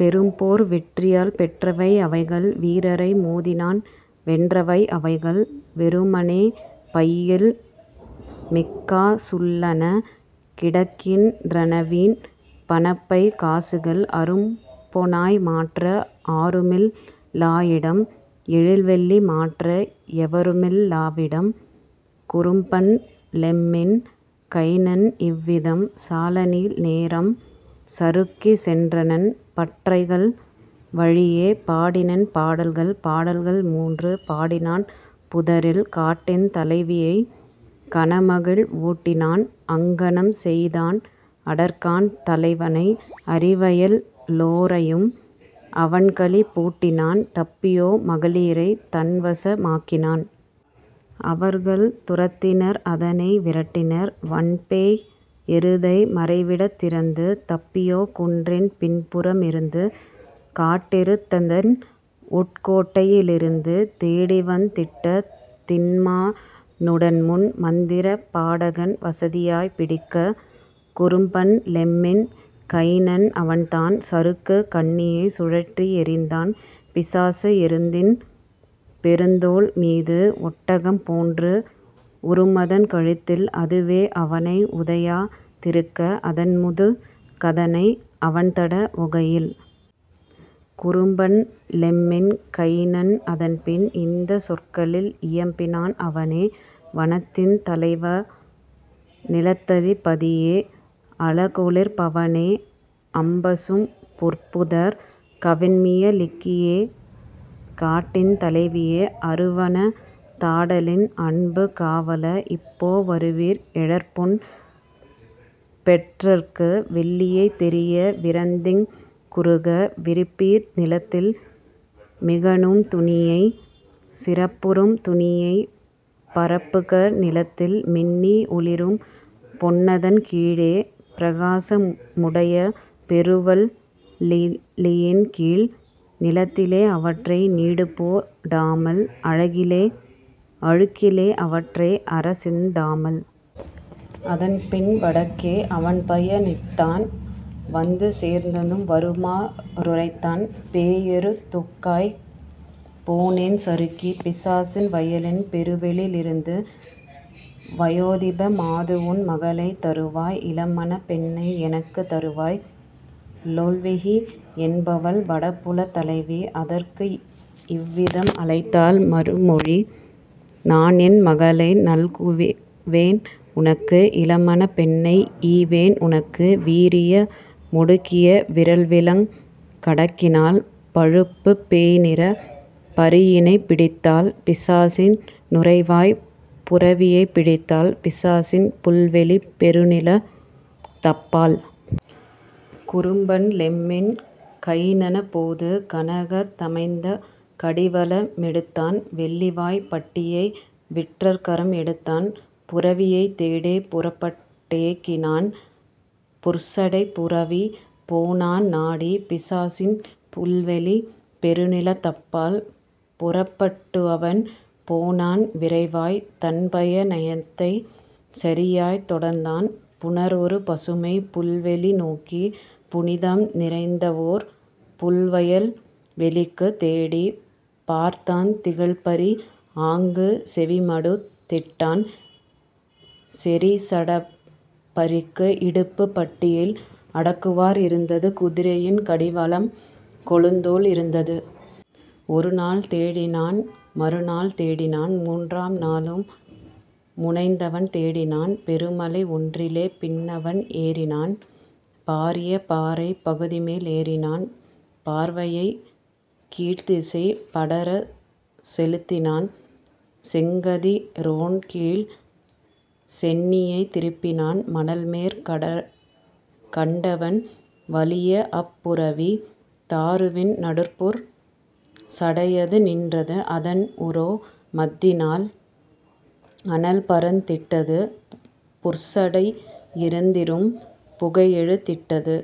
பெரும்போர் வெற்றியால் பெற்றவை அவைகள் வீரரை மோதிநான் வென்றவை அவைகள்; வெறுமனே பையில் மிக்கா சுள்ளன கிடக்கின் றனவீண் பணப்பைக் காசுகள் அரும்பொனாய் மாற்ற ஆருமில் லாஇடம் எழில்வெள்ளி மாற்ற எவருமில் லாவிடம். " குறும்பன் லெம்மின் கைனன் இவ்விதம் சாலநீள் நேரம் சறுக்கிச் சென்றனன் பற்றைகள் வழியே பாடினன் பாடல்கள் பாடல்கள் மூன்று பாடினான் புதரில் காட்டின் தலைவியை கனமகிழ் வூட்டினான் அங்ஙனம் செய்தான் அடர்கான் தலைவனை அரிவையெல் லோரையும் அவன்களிப் பூட்டினான் தப்பியோ மகளிரைத் தன்வச மாக்கினான். அவர்கள் துரத்தினர் அதனை விரட்டினர் வன்பேய் எருதை மறைவிடத் திரந்து தப்பியோ குன்றின் பின்புற மிருந்து காட்டெருத் ததன்உட் கோட்டையி லிருந்து தேடிவந் திட்ட திண்மா னுடன்முன் மந்திரப் பாடகன் வசதியாய்ப் பிடிக்க. குறும்பன் லெம்மின் கைனன் அவன்தான் சருக்குக் கண்ணியைச் சுழற்றி எறிந்தான் பிசாச எருத்தின் பெருந்தோள் மீது ஒட்டகம் போன்று உறும்அதன் கழுத்தில் அதுவே அவனை உதையா திருக்க அதன்முது கதனை அவன்தட வுகையில். குறும்பன் லெம்மின் கைனன் அதன்பின் இந்தச் சொற்களில் இயம்பினான் அவனே: "வனத்தின் தலைவ, நிலத்ததி பதியே! அழகொளிர் பவனே அம்பசும் புற்புதர்! கவின்மிய லிக்கியே, காட்டின் தலைவியே! அருவனத் தாடலின் அன்புக் காவல! இப்போ வருவீர், எழற்பொன் பெறற்கு! வெள்ளியைத் தெரிய விரைந்திங் குறுக விரிப்பீர் நிலத்தில் மிகநும் துணியை சிறப்புறும் துணியைப் பரப்புக நிலத்தில் மின்னி ஒளிரும் பொன்னதன் கீழே பிரகாச முடைய பெருவெள் ளியின்கீழ் நிலத்திலே அவற்றை நீடுபோ டாமல் அழுக்கிலே அவற்றை அறச் சிந்தாமல். " அதன்பின் வடக்கே அவன்பய ணித்தான் வந்து சேர்ந்ததும் வருமா றுரைத்தான்: "பேய்எரு துக்காய்ப் போனேன் சறுக்கி பிசாசின் வயலின் பெருவெளி யிருந்து வயோதிப மாதுஉன் மகளைத் தருவாய் இளம்மணப் பெண்ணை எனக்குத் தருவாய்! " லொவ்ஹி என்பவள் வடபுலத் தலைவி அதற்கு இவ்விதம் அளித்தாள் மறுமொழி: "நான்என் மகளை நல்குவேன் உனக்கு இளம்மணப் பெண்ணை ஈவேன் உனக்கு வீரிய மொடுக்கிய விறல்விலங் கடக்கினால் பழுப்புப் பேய்நிறப் பரியினைப் பிடித்தால் பிசாசின் நுரைவாய்ப் புரவியைப் பிடித்தால் பிசாசின் புல்வெளிப் பெருநிலத் தப்பால். " குறும்பன் லெம்மின் கைனனப் போது கனகத் தமைந்த கடிவள மெடுத்தான் வெள்ளிவாய்ப் பட்டியை விற்றகரம் எடுத்தான் புரவியைத் தேடிப் புறப்பட் டேகினான் புற்சடைப் புரவி போனான் நாடி பிசாசின் புல்வெளிப் பெருநிலத் தப்பால். புறப்பட் டுஅவன் போனான் விரைவாய் தன்பய ணத்தைச் சரியாய்த் தொடர்ந்தான் புணர்ஒரு பசுமைப் புல்வெளி நோக்கி புனிதம் நிறைந்தவோர் புல்வயல் வெளிக்கு தேடிப் பார்த்தான் திகழ்பரி ஆங்கு செவிமடுத் திட்டான் செறிசடைப் பரிக்கு இடுப்புப் பட்டியில் அடக்குவார் இருந்தது குதிரையின் கடிவளம் கொழுந்தோள் இருந்தது. ஒருநாள் தேடினான் மறுநாள் தேடினான் மூன்றாம் நாளும் முனைந்தவன் தேடினான் பெருமலை ஒன்றிலே பின்அவன் ஏறினான் பாரிய பாறைப் பகுதிமேல் ஏறினான் பார்வையைக் கீழ்த்திசை படரச் செலுத்தினான் செங்கதி ரோன்கீழ் சென்னியைத் திருப்பினான் மணல்மேற் கண்டவன் வலியஅப் புரவி தாருவின் நடுபுற் சடையது நின்றது அதன்உரோ மத்தினால் அனல்பறந் திட்டது புற்சடை யிருந்திரும் புகைஎழுந் திட்டது.